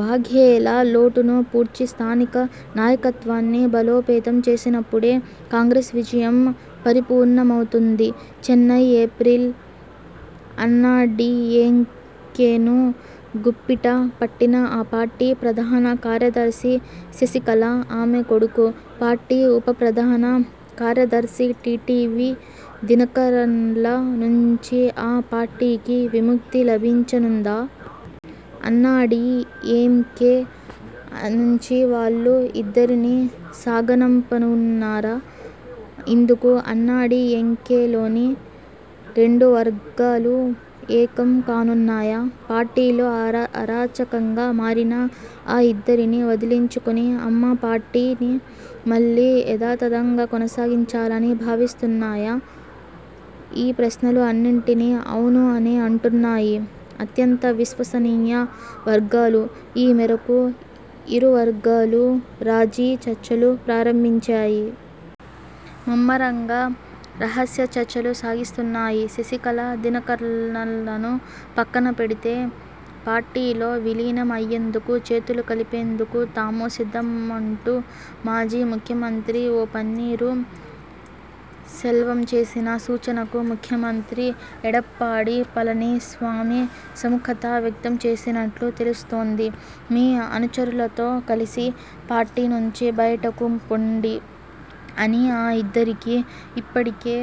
వాఘేలా లోటును పూడ్చి స్థానిక నాయకత్వాన్ని బలోపేతం చేసినప్పుడే కాంగ్రెస్ విజయం పరిపూర్ణమవుతుంది. చెన్నై, ఏప్రిల్: అన్నాడీఎంకేను గుప్పిట పట్టిన ఆ పార్టీ ప్రధాన కార్యదర్శి శశికళ, ఆమె 'కొడుకు', పార్టీ ఉప ప్రధాన కార్యదర్శి టీటీవీ దినకరన్ల నుంచి ఆ పార్టీకి విముక్తి లభించనుందా? అన్నాడీఎంకే నుంచి వాళ్లు ఇద్దరినీ సాగనంపనున్నారా? ఇందుకు అన్నాడీఎంకేలోని రెండు వర్గాలూ ఏకం కానున్నాయా? పార్టీలో అరాచకంగా మారిన ఆ ఇద్దరినీ వదిలించుకుని 'అమ్మ పార్టీ'ని మళ్లీ యథాతథంగా కొనసాగించాలని భావిస్తున్నాయా? ఈ ప్రశ్నలు అన్నింటినీ 'ఔను' అనే అంటున్నాయి అత్యంత విశ్వసనీయ వర్గాలు. ఈ మేరకు ఇరు వర్గాలూ రాజీ చర్చలు ప్రారంభించాయి. ముమ్మరంగా రహస్య చర్చలు సాగిస్తున్నాయి. శశికళ, దినకరన్లను పక్కన పెడితే పార్టీలో విలీనం అయ్యేందుకు, చేతులు కలిపేందుకు తాము సిద్ధమంటూ మాజీ ముఖ్యమంత్రి ఓ. పన్నీరు సెల్వం చేసిన సూచనకు ముఖ్యమంత్రి ఎడప్పాడి పళని స్వామి సుముఖత వ్యక్తం చేసినట్లు తెలుస్తోంది. 'మీ అనుచరులతో కలిసి పార్టీ నుంచి బయటకు పొండి' అని ఆ ఇద్దరికీ ఇప్పటికే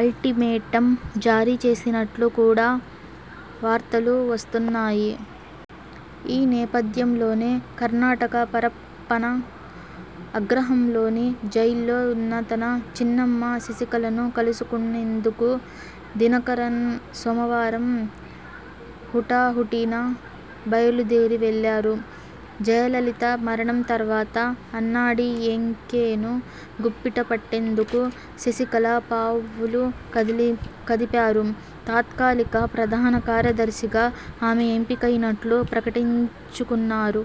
అల్టిమేటం జారీ చేసినట్లు కూడా వార్తలు వస్తున్నాయి. ఈ నేపథ్యంలోనే, కర్ణాటక పరప్పన అగ్రహాంలోని జైల్లో ఉన్న తన చిన్నమ్మ శశికళను కలుసుకునేందుకు దినకరన్ సోమవారం హుటాహుటిన బయలుదేరి వెళ్లారు. జయలలిత మరణం తర్వాత అన్నాడీఎంకేను గుప్పిట పట్టేందుకు శశికళ పావులు కదిపారు. తాత్కాలిక ప్రధాన కార్యదర్శిగా ఆమె ఎంపికైనట్లు ప్రకటించుకున్నారు.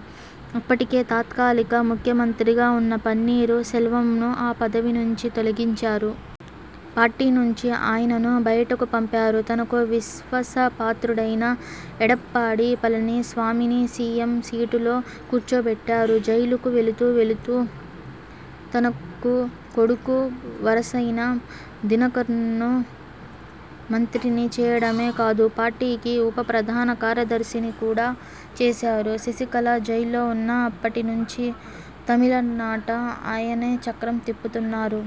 అప్పటికే తాత్కాలిక ముఖ్యమంత్రిగా ఉన్న పన్నీరు సెల్వంను ఆ పదవి నుంచి తొలగించారు. పార్టీ నుంచి ఆయనను బయటకు పంపారు. తనకు విశ్వాసపాత్రుడైన ఎడప్పాడి పళని స్వామిని సీఎం సీటులో కూర్చోబెట్టారు. జైలుకు వెళుతూ వెళుతూ తనకు కొడుకు వరసైన దినకరన్ను మంత్రిని చేయడమే కాదు పార్టీకి ఉప ప్రధాన కార్యదర్శిని కూడా చేశారు. శశికళ జైల్లో ఉన్నా అప్పటి నుంచి తమిళనాట ఆయనే చక్రం తిప్పుతున్నారు.